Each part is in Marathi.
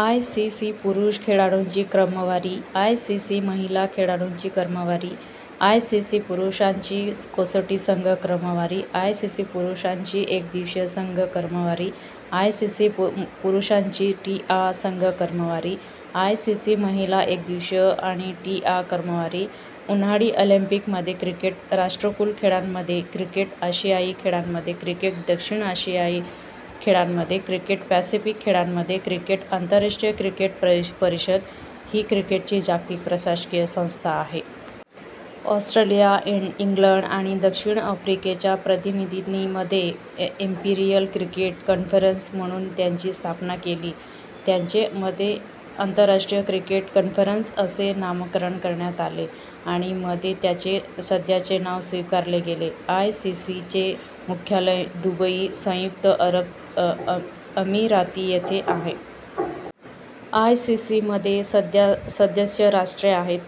आयसीसी पुरुष खेळाडूंची क्रमवारी आयसीसी महिला खेळाडूंची क्रमवारी आयसीसी पुरुषांची कसोटी संघ क्रमवारी आयसीसी पुरुषांची एकदिवसीय संघ क्रमवारी आयसीसी पुरुषांची टी आ संघ क्रमवारी आयसीसी महिला एकदिवसीय आणि टी आ क्रमवारी उन्हाळी ऑलिंपिकमध्ये क्रिकेट राष्ट्रकुल खेळांमध्ये क्रिकेट आशियाई खेळांमध्ये क्रिकेट दक्षिण आशियाई खेळांमध्ये क्रिकेट पॅसिफिक खेळांमध्ये क्रिकेट आंतरराष्ट्रीय क्रिकेट परिषद ही क्रिकेटची जागतिक प्रशासकीय संस्था आहे. ऑस्ट्रेलिया, इंग्लंड आणि दक्षिण आफ्रिकेच्या प्रतिनिधींनी मध्ये "इम्पीरियल क्रिकेट कॉन्फरन्स" म्हणून त्याची स्थापना केली. त्याचे मध्ये आंतरराष्ट्रीय क्रिकेट कॉन्फरन्स असे नामकरण करण्यात आले आणि मध्ये त्याचे सध्याचे नाव स्वीकारले गेले. आयसीसी चे मुख्यालय दुबई, संयुक्त अरब अमिराती येथे आहे. आयसीसी मध्ये सध्या सदस्य राष्ट्रे आहेत: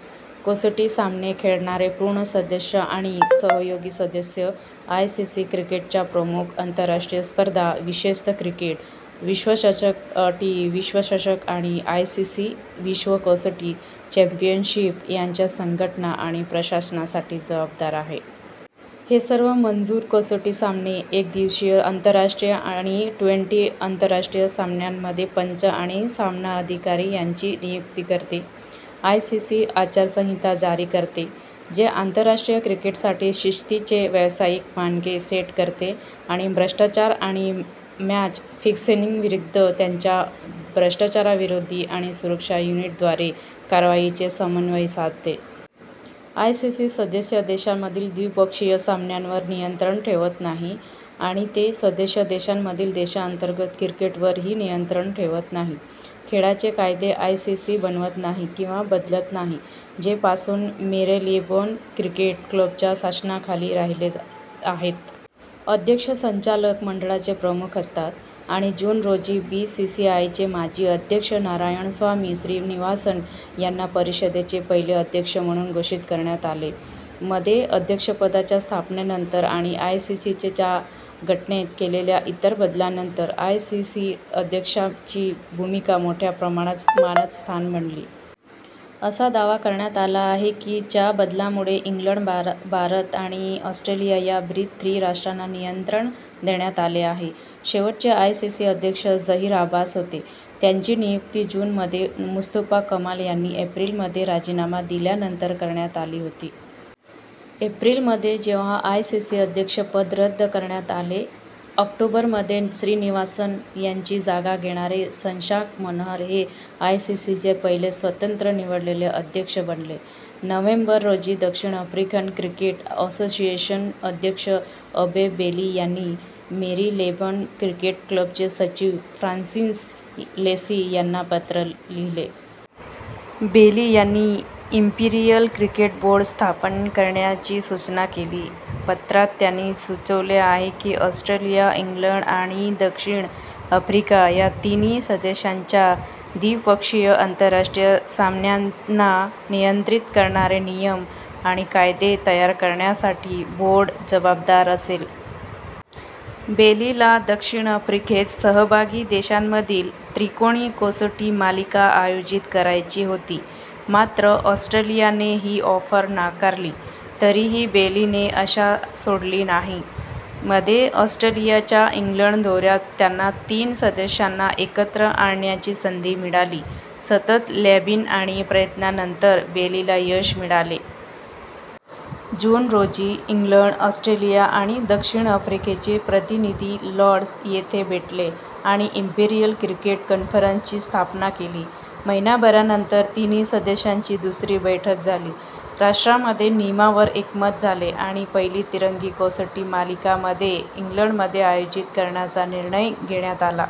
कसोटी सामने खेळणारे पूर्ण सदस्य आणि सहयोगी सदस्य. आयसीसी क्रिकेटच्या प्रमुख आंतरराष्ट्रीय स्पर्धा, विशेषतः क्रिकेट विश्वचषक, टी- विश्वचषक आणि आयसीसी विश्व कसोटी चॅम्पियनशिप यांच्या संघटना आणि प्रशासनासाठी जबाबदार आहे. हे सर्व मंजूर कसोटी सामने, एक दिवसीय आंतरराष्ट्रीय आणि ट्वेंटी- आंतरराष्ट्रीय सामन्यांमध्ये पंच आणि सामनाधिकारी यांची नियुक्ती करते. आयसीसी आचारसंहिता जारी करते, जे आंतरराष्ट्रीय क्रिकेटसाठी शिस्तीचे व्यावसायिक मानके सेट करते आणि भ्रष्टाचार आणि मॅच फिक्सिंगविरुद्ध त्याच्या भ्रष्टाचारविरोधी आणि सुरक्षा युनिटद्वारे कारवाईचे समन्वय साधते. आयसीसी सदस्य देशांमधील द्विपक्षीय सामन्यांवर नियंत्रण ठेवत नाही आणि ते सदस्य देशांमधील देशांतर्गत क्रिकेटवरही नियंत्रण ठेवत नाही. खेळाचे कायदे आयसीसी बनवत नाही किंवा बदलत नाही, जे पासून मेरीलेबोन क्रिकेट क्लबच्या शासनाखाली राहिले आहेत. अध्यक्ष संचालक मंडळाचे प्रमुख असतात आणि जून रोजी, बीसीसीआयचे माजी अध्यक्ष नारायणस्वामी श्रीनिवासन यांना परिषदेचे पहिले अध्यक्ष म्हणून घोषित करण्यात आले. मध्ये अध्यक्षपदाच्या स्थापनेनंतर आणि आयसीसीच्या घटनेत केलेल्या इतर बदलांनंतर आयसीसी अध्यक्षाची भूमिका मोठ्या प्रमाणात मानद स्थान बनली. असा दावा करण्यात आला आहे की च्या बदलांमुळे इंग्लंड, भारत आणि ऑस्ट्रेलिया या 'बिग थ्री' राष्ट्रांना नियंत्रण देण्यात आले आहे. शेवटचे आयसीसी अध्यक्ष झहीर अब्बास होते, त्यांची नियुक्ती जून मध्ये मुस्तफा कमाल यांनी एप्रिल मध्ये राजीनामा दिल्यानंतर करण्यात आली होती. एप्रिल मध्ये जेव्हा आयसीसी अध्यक्षपद रद्द करण्यात आले, ऑक्टोबर मध्ये श्रीनिवासन यांची जागा घेणारे शशांक मनोहर हे आयसीसीचे पहिले स्वतंत्र निवडलेले अध्यक्ष बनले. नोव्हेंबर रोजी, दक्षिण आफ्रिकन क्रिकेट असोसिएशनचे अध्यक्ष अबे बेली यांनी मेरीलेबोन क्रिकेट क्लबचे सचिव, फ्रान्सिस लेसी यांना पत्र लिहिले. बेली यांनी 'इम्पीरियल क्रिकेट बोर्ड' स्थापन करण्याची सूचना केली. पत्रात त्यांनी सुचवले आहे की ऑस्ट्रेलिया, इंग्लंड आणि दक्षिण आफ्रिका या तिन्ही सदस्यांच्या द्विपक्षीय आंतरराष्ट्रीय सामन्यांना नियंत्रित करणारे नियम आणि कायदे तयार करण्यासाठी बोर्ड जबाबदार असेल. बेलीला दक्षिण आफ्रिकेत सहभागी देशांमधील त्रिकोणी कसोटी मालिका आयोजित करायची होती. मात्र, ऑस्ट्रेलियाने ही ऑफर नाकारली. तरीही बेलीने आशा सोडली नाही. मध्ये ऑस्ट्रेलियाच्या इंग्लंड दौऱ्यात त्यांना तीन सदस्यांना एकत्र आणण्याची संधी मिळाली. सतत लॉबिंग आणि प्रयत्नांनंतर, बेलीला यश मिळाले. जून रोजी, इंग्लंड, ऑस्ट्रेलिया आणि दक्षिण आफ्रिकेचे प्रतिनिधी लॉर्ड्स येथे भेटले आणि इम्पीरियल क्रिकेट कॉन्फरन्स ची स्थापना केली. महिनाभरानंतर तिन्ही सदस्यांची दुसरी बैठक झाली. राष्ट्रांमध्ये नियमांवर एकमत झाले आणि पहिली तिरंगी कसोटी मालिका मध्ये इंग्लंडमध्ये आयोजित करण्याचा निर्णय घेण्यात आला.